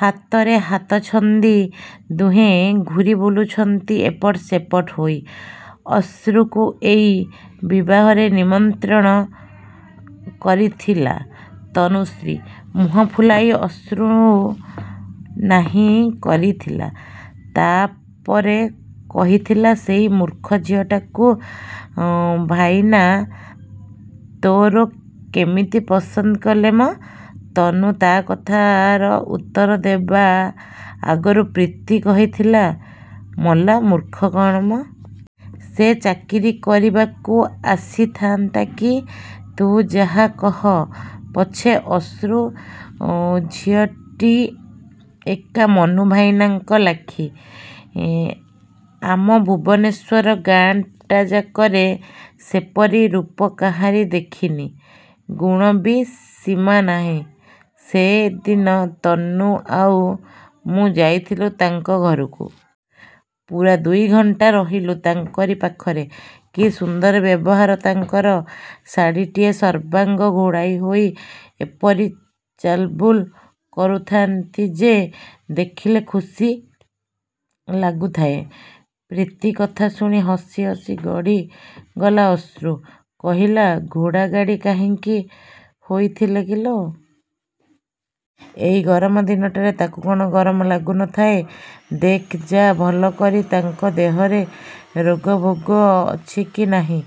ହାତରେ ହାତ ଛନ୍ଦି ଦୁହେଁ ଘୂରି ବୁଲୁଛନ୍ତି ଏପଟ ସେପଟ ହୋଇ। ଅଶ୍ରୁକୁ ଏଇ ବିବାହରେ ନିମନ୍ତ୍ରଣ କରିଥିଲା ତନୁଶ୍ରୀ। ମୁହଁ ଫୁଲାଇ ଅଶ୍ରୁ ନାହିଁ କରିଥିଲା। ତା' ପରେ କହିଥିଲା ସେଇ ମୂର୍ଖ ଝିଅଟାକୁ ଭାଇନା ତୋର କେମିତି ପସନ୍ଦ କଲେ ମ? ତନୁ ତା' କଥାର ଉତ୍ତର ଦେବା ଆଗରୁ ପ୍ରୀତି କହିଥିଲା ମଲା, ମୂର୍ଖ କ'ଣ ମ? ସେ ଚାକିରି କରିବାକୁ ଆସିଥାନ୍ତା କି? ତୁ ଯାହା କହ ପଛେ ଅଶ୍ରୁ, ଝିଅଟି ଏକା ମନୁ ଭାଇନାଙ୍କ ଲାଖି। ଆମ ଭୁବନେଶ୍ୱର ଗାଁଟା ଯାକରେ ସେପରି ରୂପ କାହାରି ଦେଖିନି। ଗୁଣର ବି ସୀମା ନାହିଁ। ସେଦିନ ତନୁ ଆଉ ମୁଁ ଯାଇଥିଲୁ ତାଙ୍କ ଘରକୁ। ପୂରା ଦୁଇ ଘଣ୍ଟା ରହିଲୁ ତାଙ୍କରି ପାଖରେ। କି ସୁନ୍ଦର ବ୍ୟବହାର ତାଙ୍କର। ଶାଢ଼ିଟାଏ ସର୍ବାଙ୍ଗ ଘୋଡ଼ାଇ ହୋଇ ଏପରି ଚାଲବୁଲ କରୁଥାନ୍ତି ଯେ ଦେଖିଲେ ଖୁସି ଲାଗୁଥାଏ। ପ୍ରୀତି କଥା ଶୁଣି ହସି ହସି ଗଡ଼ି ଗଲା ଅଶ୍ରୁ। କହିଲା ଘୋଡ଼ାଗାଡ଼ି କାହିଁକି ହୋଇଥିଲେ କିଲୋ? ଏଇ ଗରମ ଦିନଟାରେ ତାକୁ କ'ଣ ଗରମ ଲାଗୁ ନଥାଏ। ଦେଖ୍ ଯା ଭଲ କରି ତାଙ୍କ ଦେହରେ ରୋଗ ଫୋଗ ଅଛି କି ନାହିଁ।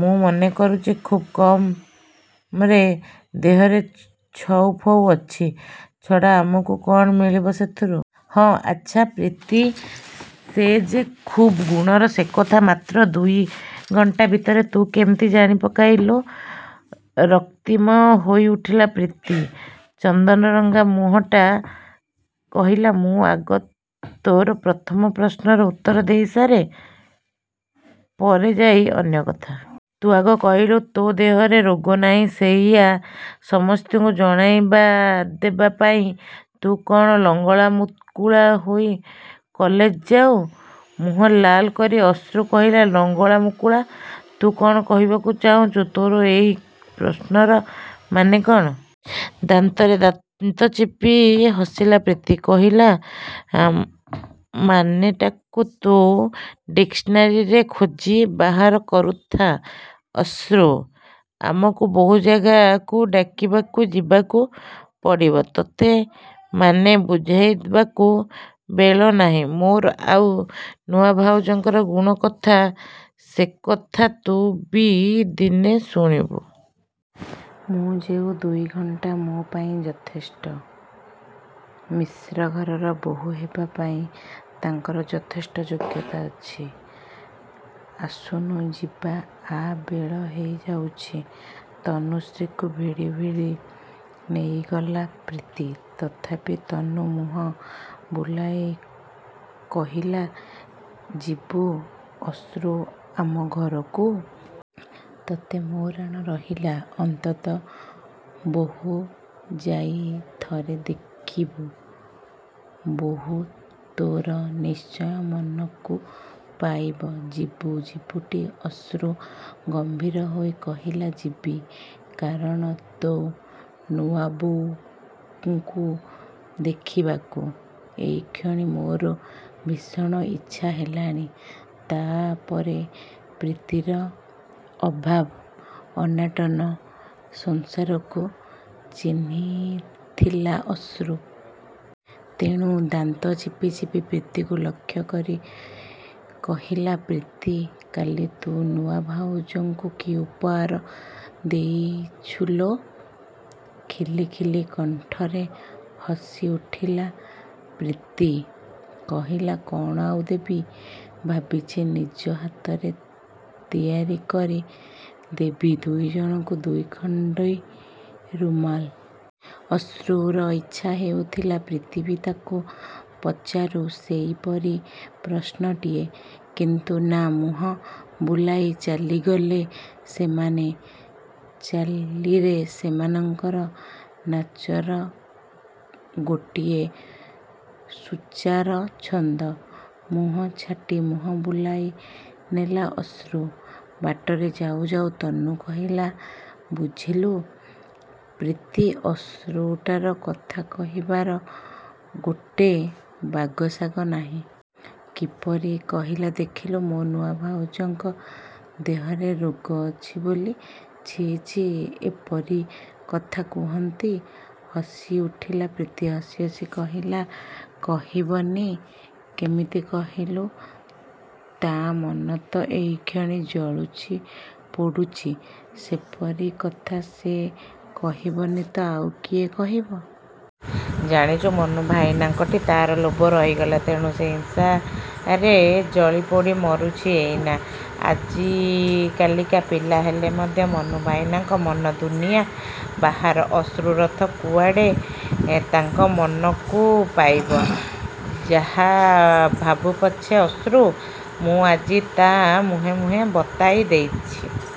ମୁଁ ମନେ କରୁଛି, ଖୁବ୍ କମରେ ଦେହରେ ଛଉ ଫଉ ଅଛି। ଛାଡ଼ ଆମକୁ କ'ଣ ମିଳିବ ସେଥିରୁ। ହଁ, ଆଚ୍ଛା ପ୍ରୀତି, ସେ ଯେ ଖୁବ୍ ଗୁଣର ସେକଥା ମାତ୍ର ଦୁଇଟା ଘଣ୍ଟା ଭିତରୁ ତୁ କେମିତି ଜାଣି ପକାଇଲୁ? ରକ୍ତିମ ହୋଇ ଉଠିଲା ପ୍ରୀତିର ଚନ୍ଦନରଙ୍ଗା ମୁହଁଟା। କହିଲା ମୁଁ ଆଗ ତୋର ପ୍ରଥମ ପ୍ରଶ୍ନର ଉତ୍ତର ଦେଇ ସାରେ, ପରେ ଯାଇ ଅନ୍ୟ କଥା। ତୁ ଆଗ କହିଲୁ ତୋ ଦେହରେ ରୋଗ ନାହିଁ ସେଇଆ ସମସ୍ତଙ୍କୁ ଜଣାଇ ଦେବା ପାଇଁ ତୁ କ'ଣ ଲଙ୍ଗଳା ମୁକୁଳା ହୋଇ କଲେଜ ଯାଉ? ମୁହଁ ଲାଲ୍ କରି ଅଶ୍ରୁ କହିଲା ଲଙ୍ଗଳା ମୁକୁଳା! ତୁ କ'ଣ କହିବାକୁ ଚାହୁଁଛୁ? ତୋର ଏଇ ପ୍ରଶ୍ନର ମାନେ କ'ଣ? ଦାନ୍ତରେ ଦାନ୍ତ ଚାପି ହସିଲା ପ୍ରୀତି। କହିଲା ମାନେଟାକୁ ତୁ ଡିକ୍ସନାରୀ ଖୋଜି ବାହାର କରୁଥା ଅଶ୍ରୁ। ଆମକୁ ବହୁ ଜାଗାକୁ ଡାକିବାକୁ ଯିବାକୁ ପଡ଼ିବ। ତତେ ମାନେ ବୁଝାଇବାକୁ ବେଳ ନାହିଁ ମୋର। ଆଉ ନୂଆ ଭାଉଜଙ୍କର ଗୁଣ କଥା? ସେକଥା ତୁ ବି ଦିନେ ଶୁଣିବୁ। ମୁଁ ଯେଉଁ ଦୁଇ ଘଣ୍ଟା ମୋ ପାଇଁ ଯଥେଷ୍ଟ। ମିଶ୍ର ଘରର ବୋହୂ ହେବା ପାଇଁ ତାଙ୍କର ଯଥେଷ୍ଟ ଯୋଗ୍ୟତା ଅଛି। ଆସୁନୁ ଯିବା ଆ ବେଳ ହୋଇଯାଉଛି। ତନୁଶ୍ରୀକୁ ଭିଡ଼ି ଭିଡ଼ି ନେଇଗଲା ପ୍ରୀତି। ତଥାପି ତନୁ ମୁହଁ ବୁଲାଇ କହିଲା ଯିବୁ ଅଶ୍ରୁ ଆମ ଘରକୁ। ତତେ ମୋ ରାଣ ରହିଲା। ଅନ୍ତତଃ ବୋହୂ ଯାଇ ଥରେ ଦେଖିବୁ। ବୋହୂ ତୋର ନିଶ୍ଚୟ ମନକୁ ପାଇବ। ଯିବୁ, ଯିବୁଟି? ଅଶ୍ରୁ ଗମ୍ଭୀର ହୋଇ କହିଲା ଯିବି। କାରଣ ତୋ ନୂଆବୋଉଙ୍କୁ ଦେଖିବାକୁ ଏଇକ୍ଷଣି ମୋର ଭୀଷଣ ଇଚ୍ଛା ହେଲାଣି। ତା' ପରେ ପ୍ରୀତିର ଅଭାବ ଅନାଟନ ସଂସାରକୁ ଚିହ୍ନିଥିଲା ଅଶ୍ରୁ। ତେଣୁ ଦାନ୍ତ ଚିପି ଚିପି ପ୍ରୀତିକୁ ଲକ୍ଷ୍ୟ କରି କହିଲା ପ୍ରୀତି କାଲି ତୁ ନୂଆ ଭାଉଜଙ୍କୁ କି ଉପହାର ଦେଇଛୁ ଲୋ? ଖିଲି ଖିଲି କଣ୍ଠରେ ହସି ଉଠିଲା ପ୍ରୀତି। କହିଲା କ'ଣ ଆଉ ଦେବି। ଭାବିଛି ନିଜ ହାତରେ ତିଆରି କରି ଦେବି ଦୁଇଜଣଙ୍କୁ ଦୁଇଖଣ୍ଡି ରୁମାଲ୍। ଅଶ୍ରୁର ଇଚ୍ଛା ହେଉଥିଲା ତାକୁ ବି ପ୍ରୀତି ପଚାରୁ ସେଇପରି ପ୍ରଶ୍ନଟିଏ। କିନ୍ତୁ ନା, ମୁହଁ ବୁଲାଇ ଚାଲିଗଲେ ସେମାନେ। ଚାଲିରେ ସେମାନଙ୍କର ନାଚର ଗୋଟିଏ ସୁଚାରୁ ଛନ୍ଦ। ମୁହଁ ଛାଟି ମୁହଁ ବୁଲାଇ ନେଲା ଅଶ୍ରୁ। ବାଟରେ ଯାଉ ଯାଉ ତନୁ କହିଲା ବୁଝିଲୁ ପ୍ରୀତି, ଅଶ୍ରୁଟାର କଥା କହିବାର ଗୋଟେ ବାଗସାଗ ନାହିଁ। କିପରି କହିଲା ଦେଖିଲୁ, ମୋ ନୂଆ ଭାଉଜଙ୍କ ଦେହରେ ରୋଗ ଅଛି ବୋଲି। ଛି, ଛି ଏପରି କଥା କୁହନ୍ତି। ହସି ଉଠିଲା ପ୍ରୀତି। ହସି ହସି କହିଲା କହିବନି କେମିତି କହିଲୁ? ତା' ମନ ତ ଏଇକ୍ଷଣି ଜଳୁଛି ପୋଡ଼ୁଛି। ସେପରି କଥା ସେ କହିବନି ତ ଆଉ କିଏ କହିବ? ଜାଣିଛୁ, ମନୁ ଭାଇନାଙ୍କଠି ତା'ର ଲୋଭ ରହିଗଲା। ତେଣୁ ସେ ହିଂସାରେ ଜଳି ପୋଡ଼ି ମରୁଛି ଏଇନେ। ଆଜିକାଲିକା ପିଲା ହେଲେ ମଧ୍ୟ ମନୁ ଭାଇନାଙ୍କ ମନ ଦୁନିଆ ବାହାର। ଅଶ୍ରୁ ରଥ କୁଆଡ଼େ ତାଙ୍କ ମନକୁ ପାଇବ? ଯାହା ଭାବୁ ପଛେ ଅଶ୍ରୁ, ମୁଁ ଆଜି ତା' ମୁହେଁ ମୁହେଁ ବତାଇ ଦେଇଛି ।